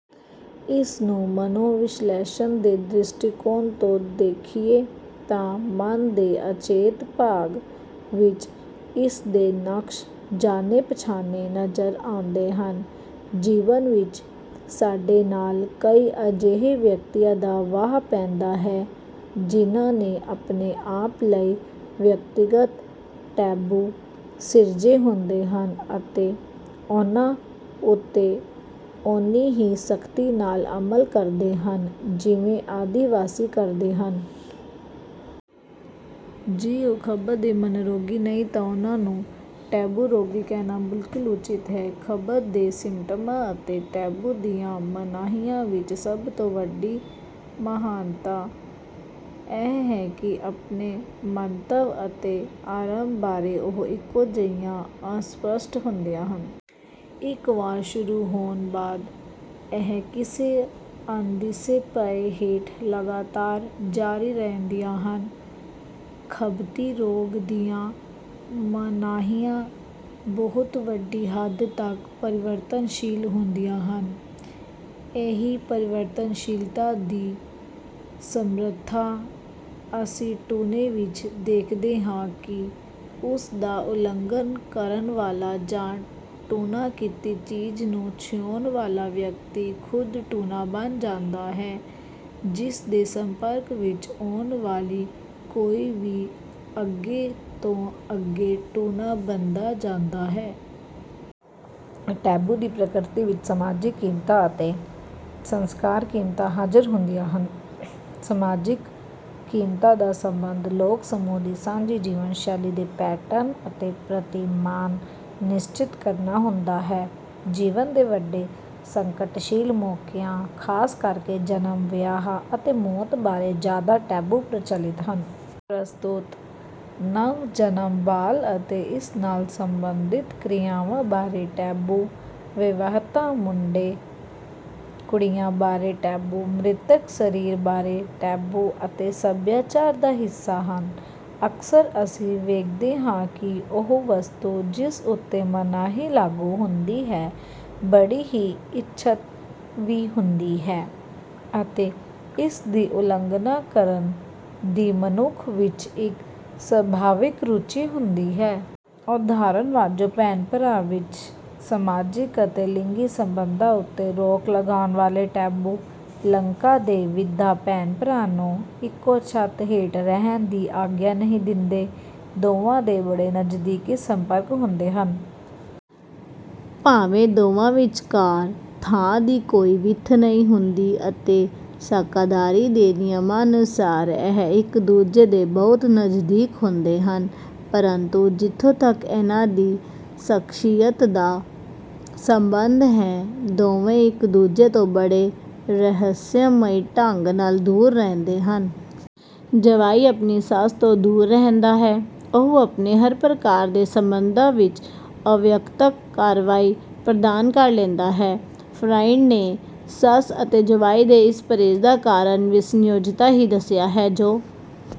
ਇਸ ਨੂੰ ਮਨੋਵਿਸ਼ਲੇਸ਼ਣ ਦੇ ਦ੍ਰਿਸ਼ਟੀਕੋਣ ਤੋਂ ਦੇਖੀਏ ਤਾਂ ਮਨ ਦੇ ਅਚੇਤ ਭਾਗ ਵਿੱਚ ਇਸ ਦੇ ਨਕਸ਼ ਜਾਣੇ-ਪਛਾਣੇ ਨਜ਼ਰ ਆਉਂਦੇ ਹਨ। ਜੀਵਨ ਵਿੱਚ ਸਾਡੇ ਨਾਲ ਕਈ ਅਜਿਹੇ ਵਿਅਕਤੀਆਂ ਦਾ ਵਾਹ ਪੈਂਦਾ ਹੈ, ਜਿਨ੍ਹਾਂ ਨੇ ਆਪਣੇ ਆਪ ਲਈ ਵਿਅਕਤੀਗਤ ਟੈਬੂ ਸਿਰਜੇ ਹੁੰਦੇ ਹਨ ਅਤੇ ਉਹ ਉਨ੍ਹਾਂ ਉੱਤੇ ਓਨੀ ਹੀ ਸਖ਼ਤੀ ਨਾਲ ਅਮਲ ਕਰਦੇ ਹਨ, ਜਿਵੇਂ ਆਦਿ ਵਾਸੀ ਕਰਦੇ ਹਨ। ਜੇ ਉਹ ਖਬਤ ਦੇ ਮਨੋਰੋਗੀ ਨਹੀਂ ਤਾਂ ਉਨ੍ਹਾਂ ਨੂੰ 'ਟੈਬੂ ਰੋਗੀ' ਕਹਿਣਾ ਬਿਲਕੁਲ ਉਚਿਤ ਹੈ। ਖਬਤ ਦੇ ਸਿੰਪਟਮਾਂ ਅਤੇ ਟੈਬੂ ਦੀਆਂ ਮਨਾਹੀਆਂ ਵਿੱਚ ਸਭ ਤੋਂ ਵੱਡੀ ਸਮਾਨਤਾ ਇਹ ਹੈ ਕਿ ਆਪਣੇ ਮੰਤਵ ਅਤੇ ਆਰੰਭ ਬਾਰੇ ਉਹ ਇੱਕੋ ਜਿਹੀਆਂ ਅਸਪੱਸ਼ਟ ਹੁੰਦੀਆਂ ਹਨ। ਇੱਕ ਵਾਰ ਸ਼ੁਰੂ ਹੋਣ ਬਾਅਦ ਇਹ ਕਿਸੇ ਅਣਦਿਸੇ ਭੈਅ ਹੇਠ ਲਗਾਤਾਰ ਜਾਰੀ ਰਹਿੰਦੀਆਂ ਹਨ। ਖਬਤੀ ਰੋਗ ਦੀਆਂ ਮਨਾਹੀਆਂ ਬਹੁਤ ਵੱਡੀ ਹੱਦ ਤੱਕ ਪਰਿਵਰਤਨਸ਼ੀਲ ਹੁੰਦੀਆਂ ਹਨ। ਇਹੀ ਪਰਿਵਰਤਨਸ਼ੀਲਤਾ ਦੀ ਸਮਰੱਥਾ ਅਸੀਂ ਟੂਣੇ ਵਿੱਚ ਦੇਖਦੇ ਹਾਂ ਕਿ ਉਸ ਦਾ ਉਲੰਘਣ ਕਰਨ ਵਾਲਾ ਜਾਂ ਟੂਣਾ ਕੀਤੀ ਚੀਜ਼ ਨੂੰ ਛੂਹਣ ਵਾਲਾ ਵਿਅਕਤੀ ਖ਼ੁਦ ਟੂਣਾ ਬਣ ਜਾਂਦਾ ਹੈ ਜਿਸ ਦੇ ਸੰਪਰਕ ਵਿੱਚ ਆਉਣ ਵਾਲੀ ਕੋਈ ਵੀ ਅੱਗੇ ਤੋਂ ਅੱਗੇ ਟੂਣਾ ਬਣਦਾ ਜਾਂਦਾ ਹੈ। ਟੈਬੂ ਦੀ ਪ੍ਰਕਿਰਤੀ ਵਿੱਚ ਸਮਾਜਿਕ ਕੀਮਤਾਂ ਅਤੇ ਸੰਸਕਾਰਕ ਕੀਮਤਾਂ ਹਾਜ਼ਰ ਹੁੰਦੀਆਂ ਹਨ। ਸਮਾਜਿਕ ਕੀਮਤਾਂ ਦਾ ਸੰਬੰਧ ਲੋਕ ਸਮੂਹ ਦੀ ਸਾਂਝੀ ਜੀਵਨ ਸ਼ੈਲੀ ਦੇ ਪੈਟਰਨ ਅਤੇ ਪ੍ਰਤਿਮਾਨ ਨਿਸ਼ਚਿਤ ਕਰਨਾ ਹੁੰਦਾ ਹੈ। ਜੀਵਨ ਦੇ ਵੱਡੇ ਸੰਕਟਸ਼ੀਲ ਮੌਕਿਆਂ ਖਾਸ ਕਰਕੇ ਜਨਮ, ਵਿਆਹ ਅਤੇ ਮੌਤ ਬਾਰੇ ਜ਼ਿਆਦਾ ਟੈਬੂ ਪ੍ਰਚਲਿਤ ਹਨ। ਪ੍ਰਸਤੂਤ, ਨਵ-ਜਨਮ ਬਾਲ ਅਤੇ ਇਸ ਨਾਲ ਸੰਬੰਧਿਤ ਕਿਰਿਆਵਾਂ ਬਾਰੇ ਟੈਬੂ, ਵਿਆਹੁਤਾ ਮੁੰਡੇ-ਕੁੜੀ ਬਾਰੇ ਟੈਬੂ, ਮ੍ਰਿਤਕ ਸਰੀਰ ਬਾਰੇ ਟੈਬੂ ਸਾਡੇ ਸੱਭਿਆਚਾਰ ਦਾ ਹਿੱਸਾ ਹਨ। ਅਕਸਰ ਅਸੀਂ ਵੇਖਦੇ ਹਾਂ ਕਿ ਉਹ ਵਸਤੂ ਜਿਸ ਉੱਤੇ ਮਨਾਹੀ ਲਾਗੂ ਹੁੰਦੀ ਹੈ, ਬੜੀ ਹੀ ਇੱਛਤ ਵੀ ਹੁੰਦੀ ਹੈ ਅਤੇ ਇਸ ਦੀ ਉਲੰਘਣਾ ਕਰਨ ਦੀ ਮਨੁੱਖ ਵਿੱਚ ਇੱਕ ਸੁਭਾਵਿਕ ਰੁਚੀ ਹੁੰਦੀ ਹੈ। ਉਦਾਹਰਨ ਵਜੋਂ ਭੈਣ-ਭਰਾ ਵਿੱਚ ਸਮਾਜਿਕ ਅਤੇ ਲਿੰਗੀ ਸੰਬੰਧਾਂ ਉੱਤੇ ਰੋਕ ਲਾਉਣ ਵਾਲੇ ਟੈਬੂ। ਲੰਕਾ ਦੇ ਵੀਧਾ ਭੈਣ-ਭਰਾ ਨੂੰ ਇੱਕੋ ਛੱਤ ਹੇਠ ਰਹਿਣ ਦੀ ਆਗਿਆ ਨਹੀਂ ਦਿੰਦੇ। ਦੋਵਾਂ ਦੇ ਬੜੇ ਨਜ਼ਦੀਕੀ ਸੰਪਰਕ ਹੁੰਦੇ ਹਨ। ਭਾਵੇਂ ਦੋਵਾਂ ਵਿਚਕਾਰ ਥਾਂ ਦੀ ਕੋਈ ਵਿੱਥ ਨਹੀਂ ਹੁੰਦੀ ਅਤੇ ਸਾਕਾਦਾਰੀ ਦੇ ਨਿਯਮਾਂ ਅਨੁਸਾਰ ਇਹ ਇੱਕ ਦੂਜੇ ਦੇ ਬਹੁਤ ਨਜ਼ਦੀਕ ਹੁੰਦੇ ਹਨ। ਪਰੰਤੂ ਜਿੱਥੋਂ ਤੱਕ ਇਨ੍ਹਾਂ ਦੀ ਸ਼ਖ਼ਸੀਅਤ ਦਾ ਸੰਬੰਧ ਹੈ, ਦੋਵੇਂ ਇੱਕ ਦੂਜੇ ਤੋਂ ਬੜੇ ਰਹੱਸਮਈ ਢੰਗ ਨਾਲ ਦੂਰ ਰਹਿੰਦੇ ਹਨ। ਜਵਾਈ ਆਪਣੀ ਸੱਸ ਤੋਂ ਦੂਰ ਰਹਿੰਦਾ ਹੈ, ਉਹ ਆਪਣੇ ਹਰ ਪ੍ਰਕਾਰ ਦੇ ਸੰਬੰਧਾਂ ਵਿੱਚ ਅਵਿਅਕਤਕ ਰਵੱਈਆ ਧਾਰਨ ਕਰ ਲੈਂਦਾ ਹੈ। ਫਰਾਇਡ ਨੇ ਸੱਸ ਅਤੇ ਜਵਾਈ ਦੇ ਇਸ ਪਰਹੇਜ਼ ਦਾ ਕਾਰਨ ਵਿਸੰਯੁਜਤਾ ਹੀ ਦੱਸਿਆ ਹੈ, ਜੋ